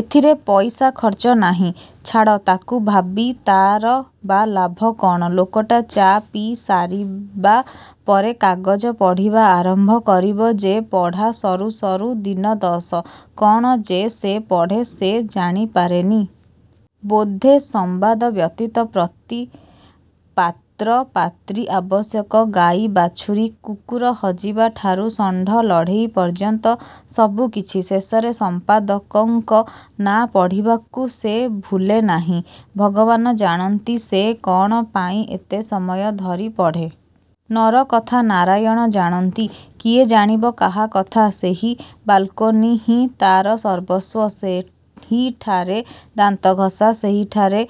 ଏଥିରେ ପଇସା ଖର୍ଚ୍ଚ ନାହିଁ। ଛାଡ଼, ତା'କୁ ଭାବି ତା'ର ବା ଲାଭ କ'ଣ। ଲୋକଟା ଚା' ପିଇ ସାରିବା ପରେ କାଗଜ ପଢ଼ିବା ଆରମ୍ଭ କରିବ ଯେ, ପଢ଼ା ସରୁ ସରୁ ଦିନ ଦଶ। କ'ଣ ଯେ ସେ ପଢ଼େ ସେ ଜାଣି ପାରେନି। ବୋଧେ ସମ୍ୱାଦ ବ୍ୟତୀତ, ପ୍ରତି ପାତ୍ର ପାତ୍ରୀ ଆବଶ୍ୟକ, ଗାଈ ବାଛୁରୀ, କୁକୁର ହଜିବା ଠାରୁ ଷଣ୍ଡ ଲଢ଼େଇ ପର୍ଯ୍ୟନ୍ତ ସବୁ କିଛି। ଶେଷରେ ସମ୍ପାଦକଙ୍କ ନାଁ ପଢ଼ିବାକୁ ସେ ଭୁଲେ ନାହିଁ। ଭଗବାନ ଜାଣନ୍ତି ସେ କ'ଣ ପାଇଁ ଏତେ ସମୟ ଧରି ପଢ଼େ। ନରକଥା ନାରାୟଣ ଜାଣନ୍ତି। କିଏ ଜାଣିବ କାହା କଥା। ସେହି ବାଲ୍କୋନି ହିଁ ତା'ର ସର୍ବସ୍ୱ। ସେହିଠାରେ ଦାନ୍ତଘଷା, ସେହିଠାରେ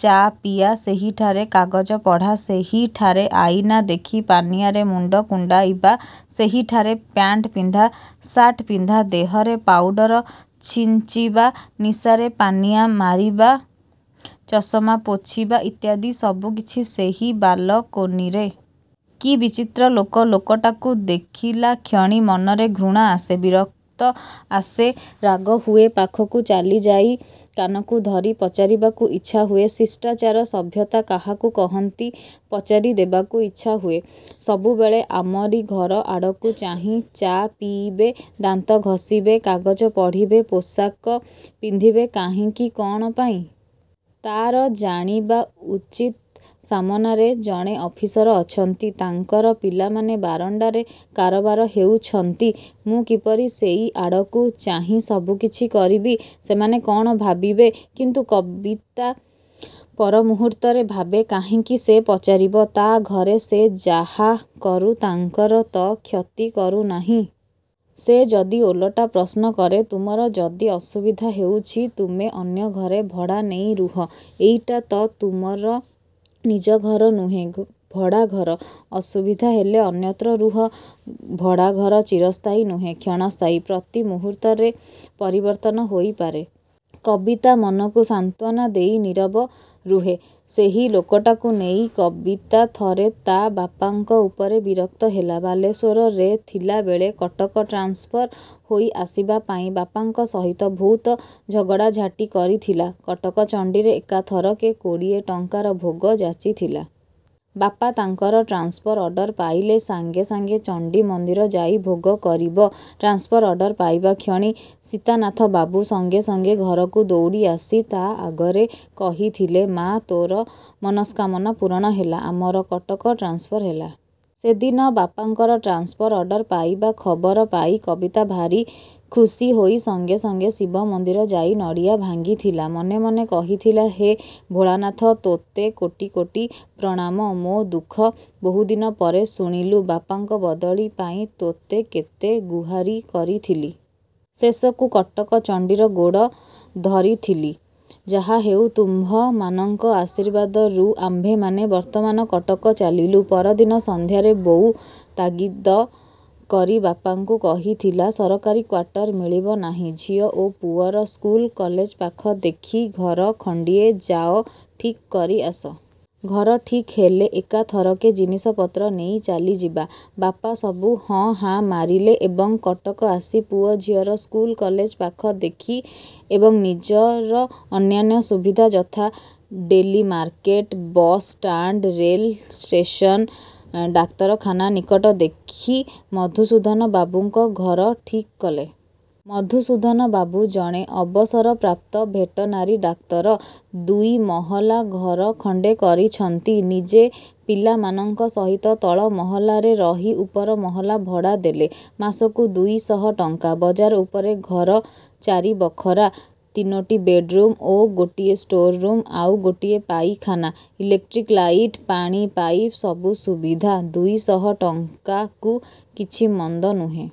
ଚା' ପିଆ, ସେହିଠାରେ କାଗଜ ପଢ଼ା, ସେହିଠାରେ ଆଇନା ଦେଖି ପାନିଆରେ ମୁଣ୍ଡ କୁଣ୍ଡାଇବା, ସେହିଠାରେ ପ୍ୟାଣ୍ଟ ପିନ୍ଧା, ସାଟ୍ ପିନ୍ଧା ଦେହରେ ପାଉଡ଼ର ସିଞ୍ଚିବା, ନିଶାରେ ପାନିଆ ମାରିବା, ଚଷମା ପୋଛିବା, ଇତ୍ୟାଦି ସବୁକିଛି ସେହି ବାଲକୋନିରେ। କି ବିଚିତ୍ର ଲୋକ। ଲୋକଟାକୁ ଦେଖିଲାକ୍ଷଣି ମନରେ ଘୃଣା ଆସେ। ବିରକ୍ତ ଆସେ, ରାଗ ହୁଏ। ପାଖକୁ ଚାଲିଯାଇ କାନକୁ ଧରି ପଚାରିବାକୁ ଇଚ୍ଛା ହୁଏ। ଶିଷ୍ଟାଚାର ସଭ୍ୟତା କାହାକୁ କହନ୍ତି ପଚାରି ଦେବାକୁ ଇଚ୍ଛା ହୁଏ? ସବୁବେଳେ ଆମରି ଘରଆଡ଼କୁ ଚାହିଁ ଚା ପିଇବେ, ଦାନ୍ତ ଘଷିବେ, କାଗଜ ପଢ଼ିବେ, ପୋଷାକ ପିନ୍ଧିବେ, କାହିଁକି କ'ଣ ପାଇଁ। ତା'ର ଜାଣିବା ଉଚିତ ସାମନାରେ ଜଣେ ଅଫିସର ଅଛନ୍ତି। ତାଙ୍କର ପିଲାମାନେ ବାରଣ୍ଡାରେ କାରବାର ହେଉଛନ୍ତି। ମୁଁ କିପରି ସେଇ ଆଡ଼କୁ ଚାହିଁ ସବୁକିଛି କରିବି? ସେମାନେ କ'ଣ ଭାବିବେ? କିନ୍ତୁ କବିତା ପର ମୁହୂର୍ତ୍ତରେ ଭାବେ କାହିଁକି ସେ ପଚାରିବ? ତା' ଘରେ ସେ ଯାହାକରୁ ତାଙ୍କର ତ କ୍ଷତି କରୁନାହିଁ। ସେ ଯଦି ଓଲଟା ପ୍ରଶ୍ନ କରେ ତୁମର ଯଦି ଅସୁବିଧା ହେଉଛି ତୁମେ ଅନ୍ୟ ଘରେ ଭଡ଼ା ନେଇ ରୁହ। ଏଇଟା ତ ତୁମର ନିଜ ଘର ନୁହେଁ, ଭଡ଼ାଘର। ଅସୁବିଧା ହେଲେ ଅନ୍ୟତ୍ର ରୁହ। ଭଡ଼ାଘର ଚିରସ୍ଥାୟୀ ନୁହେଁ। କ୍ଷଣସ୍ଥାୟୀ। ପ୍ରତି ମୁହୂର୍ତ୍ତରେ ପରିବର୍ତ୍ତନ ହୋଇପାରେ। କବିତା ମନକୁ ସାନ୍ତ୍ୱନା ଦେଇ ନୀରବ ରୁହେ। ସେହି ଲୋକଟାକୁ ନେଇ କବିତା ଥରେ ତା' ବାପାଙ୍କ ଉପରେ ବିରକ୍ତ ହେଲା। ବାଲେଶ୍ୱରରେ ଥିଲାବେଳେ କଟକ ଟ୍ରାନ୍ସଫର ହୋଇ ଆସିବା ପାଇଁ ବାପାଙ୍କ ସହିତ ବହୁତ ଝଗଡ଼ାଝାଟି କରିଥିଲା। କଟକଚଣ୍ଡୀରେ ଏକାଥରକେ କୋଡ଼ିଏ ଟଙ୍କାର ଭୋଗ ଯାଚିଥିଲା। ବାପା ତାଙ୍କର ଟ୍ରାନ୍ସଫର ଅର୍ଡର ପାଇଲେ ସାଙ୍ଗେ ସାଙ୍ଗେ ଚଣ୍ଡୀ ମନ୍ଦିର ଯାଇ ଭୋଗ କରିବ। ଟ୍ରାନ୍ସଫର ଅର୍ଡର ପାଇବା କ୍ଷଣି ସୀତାନାଥବାବୁ ସଙ୍ଗେ ସଙ୍ଗେ ଘରକୁ ଦୌଡ଼ି ଆସି ତା' ଆଗରେ କହିଥିଲେ, ମା' ତୋର ମନସ୍କାମନା ପୂରଣ ହେଲା। ଆମର କଟକ ଟ୍ରାନ୍ସଫର ହେଲା। ସେଦିନ ବାପାଙ୍କର ଟ୍ରାନ୍ସଫର ଅର୍ଡର ପାଇବା ଖବର ପାଇ କବିତା ଭାରି ଖୁସିହୋଇ ସଙ୍ଗେ ସଙ୍ଗେ ଶିବ ମନ୍ଦିର ଯାଇ ନଡ଼ିଆ ଭାଙ୍ଗିଥିଲା। ମନେମନେ କହିଥିଲା ହେ ଭୋଳାନାଥ ତୋତେ କୋଟି କୋଟି ପ୍ରଣାମ। ମୋ ଦୁଃଖ ବହୁଦିନ ପରେ ଶୁଣିଲୁ। ବାପାଙ୍କ ବଦଳି ପାଇଁ ତୋତେ କେତେ ଗୁହାରି କରିଥିଲି। ଶେଷକୁ କଟକଚଣ୍ଡୀର ଗୋଡ଼ ଧରିଥିଲି। ଯାହାହେଉ ତୁମ୍ଭମାନଙ୍କ ଆଶୀର୍ବାଦରୁ ଆମ୍ଭେମାନେ ବର୍ତ୍ତମାନ କଟକ ଚାଲିଲୁ। ପରଦିନ ସନ୍ଧ୍ୟାରେ ବୋଉ ତାଗିଦ କରି ବାପାଙ୍କୁ କହିଥିଲା-ସରକାରୀ କ୍ୱାଟର ମିଳିବ ନାହିଁ, ଝିଅ ଓ ପୁଅର ସ୍କୁଲ କଲେଜ ପାଖ ଦେଖି ଘର ଖଣ୍ଡିଏ ଯାଅ ଠିକ୍ କରି ଆସ। ଘର ଠିକ୍ ହେଲେ ଏକାଥରକେ ଜିନିଷପତ୍ର ନେଇ ଚାଲିଯିବା। ବାପା ସବୁ ହଁ ହାଁ ମାରିଲେ ଏବଂ କଟକ ଆସି ପୁଅ ଝିଅର ସ୍କୁଲ କଲେଜ ପାଖ ଦେଖି ଏବଂ ନିଜର ଅନ୍ୟାନ୍ୟ ସୁବିଧା ଯଥା-ଡେଲି ମାର୍କେଟ, ବସ୍ଷ୍ଟାଣ୍ଡ, ରେଲ୍ ଷ୍ଟେସନ, ଡାକ୍ତରଖାନା ନିକଟ ଦେଖି ମଧୁସୂଦନବାବୁଙ୍କ ଘର ଠିକ୍ କଲେ। ମଧୁସୂଦନବାବୁ ଜଣେ ଅବସରପ୍ରାପ୍ତ ଭେଟେନାରୀ ଡାକ୍ତର। ଦୁଇ ମହଲା ଘର ଖଣ୍ଡେ କରିଛନ୍ତି। ନିଜେ ପିଲାମାନଙ୍କ ସହିତ ତଳ ମହଲାରେ ରହି ଉପର ମହଲା ଭଡ଼ା ଦେଲେ। ମାସକୁ ଦୁଇଶହ ଟଙ୍କା। ବଜାର ଉପରେ ଘର ଚାରି ବଖରା, ତିନୋଟି ବେଡ୍ ରୁମ୍ ଓ ଗୋଟିଏ ଷ୍ଟୋର୍ ରୁମ୍, ଆଉ ଗୋଟିଏ ପାଇଖାନା, ଇଲେକ୍ଟ୍ରିକ୍ ଲାଇଟ୍, ପାଣି ପାଇପ୍, ସବୁ ସୁବିଧା। ଦୁଇଶହ ଟଙ୍କାକୁ କିଛି ମନ୍ଦ ନୁହେଁ।